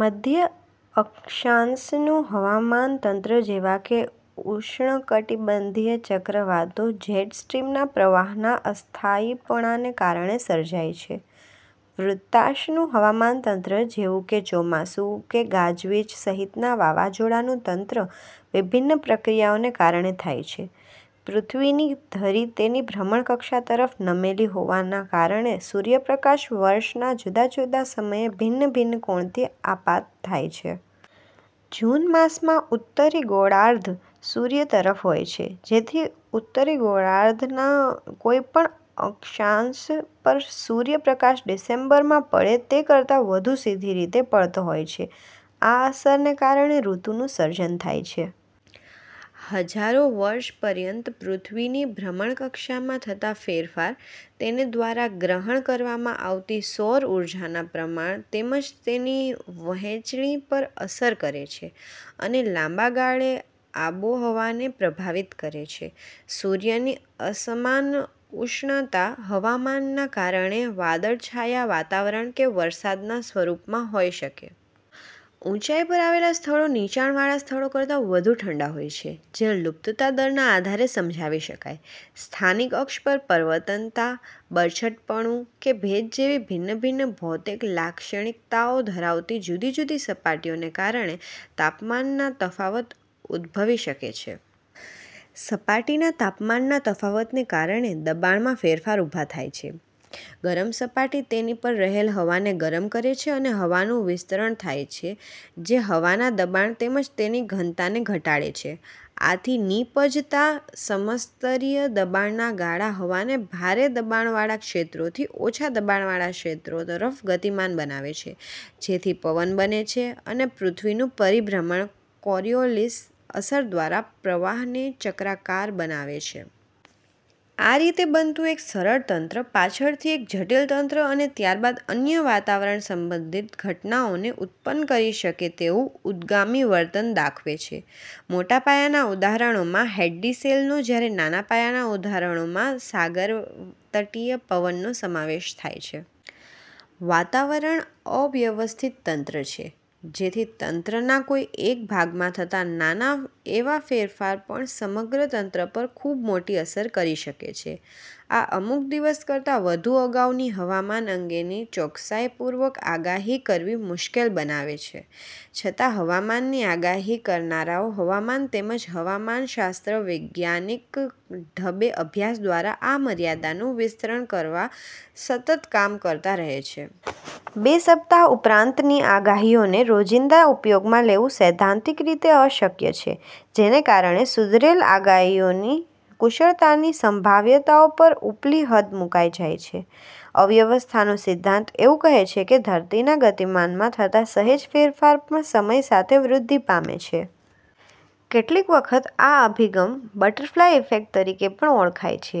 મધ્ય-અક્ષાંશનુ હવામાન તંત્ર, જેવાકે ઉષ્ણકટીબંધીય ચક્રવાતો, જેટ સ્ટ્રીમના પ્રવાહના અસ્થાયીપણાને કારણે સર્જાય છે. વૃત્તાંષનુ હવામાન તંત્ર, જેવું કે ચોમાસુ કે ગાજ-વીજ સહિતના વાવાઝોડાનું તંત્ર, વિભિન્ન પ્રક્રિયાઓને કારણે થાય છે. પૃથ્વીની ધરી તેની ભ્રમણ કક્ષા તરફ નમેલી હોવાના કારણે સૂર્યપ્રકાશ વર્ષના જુદા જુદા સમયે ભિન્ન-ભિન્ન કોણથી આપાત થાય છે. જૂન માસમાં ઉત્તરી ગોળાર્ધ સૂર્ય તરફ હોય છે, તેથી ઉત્તરી ગોળાર્ધના કોઈ પણ અક્ષાંશ પર સૂર્ય પ્રકાશ ડિસેમ્બરમાં પડે તે કરતા વધુ સીધી રીતે પડતો હોય છે. આ અસરને કારણે ઋતુનું સર્જન થાય છે. હજારો વર્ષપર્યંત, પૃથ્વીની ભ્રમણકક્ષામાં થતા ફેરફાર તેને દ્વારા ગ્રહણ કરવામાં આવતી સૌર ઊર્જાના પ્રમાણ તેમજ તેની વહેંચણી પર અસર કરે છે અને લાંબા ગાળે આબોહવાને પ્રભાવિત કરે છે. સૂર્ય ની અસમાન ઉષ્ણતા હવામાનના કારણે વાદળછાયા વાતાવરણ કે વરસાદના સ્વરૂપમાં હોઈ શકે. ઊંચાઈ પર આવેલા સ્થળો નીચાણવાળા સ્થળો કરતા વધુ ઠંડા હોય છે, જે લુપ્તતા દરના આધારે સમજાવી શકાય. સ્થાનિક અક્ષ પર, પરાવર્તનતા, બરછટપણું કે ભેજ જેવી ભિન્ન ભિન્ન ભૌતિક લાક્ષણિકતાઓ ધરાવતી જુદી જુદી સપાટીઓ ને કારણે તાપમાનના તફાવત ઉદભવી શકે છે. સપાટીના તાપમાનના તફાવતને કારણે દબાણમાં ફેરફાર ઉભા થાય છે. ગરમ સપાટી તેની પર રહેલ હવાને ગરમ કરે છે અને હવાનું વિસ્તરણ થાય છે જે હવાના દબાણ તેમજ તેની ઘનતાને ઘટાડે છે. આથી નીપજતા સમસ્તરીય દબાણના ગાળા હવાને ભારે દબાણવાળા ક્ષેત્રો થી ઓછા દબાણવાળા ક્ષેત્રો તરફ ગતિમાન બનાવે છે, જેથી પવન બને છે, અને પૃથ્વીનું પરીભ્રમણ કોરિઓલિસ અસર દ્વારા પ્રવાહને ચક્રાકાર બનાવે છે. આ રીતે બનતું એક સરળ તંત્ર પાછળથી એક જટિલ તંત્ર અને ત્યારબાદ અન્ય વાતાવરણ સંબંધિત ઘટનાઓને ઉત્પન્ન કરી શકે તેવું ઉદ્ગામી વર્તન દાખવે છે. મોટાપાયાના ઉદાહરણોમાં હેડ્લી સેલ નો, જ્યારે નાના પાયાના ઉદાહરણોમાં સાગરતટીય પવનનો સમાવેશ થાય છે. વાતાવરણ અવ્યવસ્થિત તંત્ર છે, જેથી તંત્રના કોઈ એક ભાગમાં થતા નાના એવા ફેરફાર પણ સમગ્ર તંત્ર પર ખૂબ મોટી અસર કરી શકે છે. આ અમુક દિવસ કરતા વધુ અગાઉની હવામાન અંગેની ચોકસાઈપૂર્વક આગાહી કરવી મુશ્કેલ બનાવે છે, છતા હવામાનની આગાહી કરનારાઓ હવામાન તેમજ હવામાનશાસ્ત્ર વિજ્ઞાનિક ઢબે અભ્યાસ દ્વારા આ મર્યાદાનું વિસ્તરણ કરવા સતત કામ કરતા રહે છે. બે સપ્તાહ ઉપરાંતની આગહીઓને રોજીંદા ઉપયોગમાં લેવુ સૈદ્ધાંતિક રીતે અશક્ય છે, જેને કારણે સુધરેલ આગાહીઓની કુશળતાની સંભાવ્યતાઓ પર ઉપલી હદ મુકાઈ જાય છે. અવ્યવસ્થાનો સિદ્ધાંત એવુ કહે છે કે ધરતીના ગતિમાનમાં થતા સહેજ ફેરફાર પણ સમય સાથે વૃદ્ધિ પામે છે. કેટલીક વખત આ અભિગમ બટરફ્લાય ઈફેક્ટ તરીકે પણ ઓળખાય છે,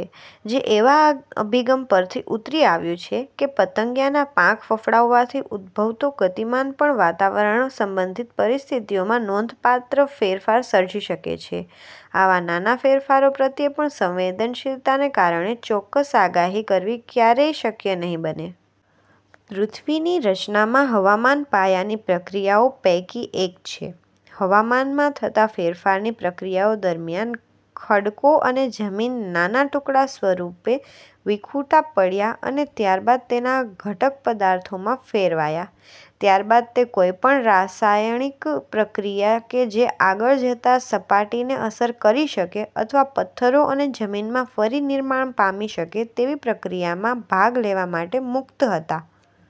જે એવા અભિગમ પરથી ઉતરી આવ્યું છે કે પતંગિયાના પાંખ ફફડાવવાથી ઉદભવતો ગતિમાન પણ વાતાવરણ સંબંધિત પરિસ્થિતિઓમાં નોંધપાત્ર ફેરફાર સર્જી શકે છે. આવા નાના ફેરફારો પ્રત્યે પણ સંવેદનશીલતાને કારણે ચોક્કસ આગાહી કરવી ક્યારેય શક્ય નહીં બને. પૃથ્વીની રચનામાં હવામાન પાયાની પ્રક્રિયાઓ પૈકી એક છે. હવામાનમાં થતા ફેરફારની પ્રક્રિયાઓ દરમિયાન ખડકો અને જમીન નાના ટુકડા સ્વરૂપે વિખુટા પડ્યા અને ત્યારબાદ તેના ઘટક પદાર્થોમાં ફેરવાયા. ત્યારબાદ તે કોઈપણ રાસાયણિક પ્રક્રિયા કે જે આગળ જતા સપાટીને અસર કરી શકે અથવા પથ્થરો અને જમીનમાં ફરી નિર્માણ પામી શકે તેવી પ્રક્રિયામાં ભાગ લેવા માટે મુક્ત હતા.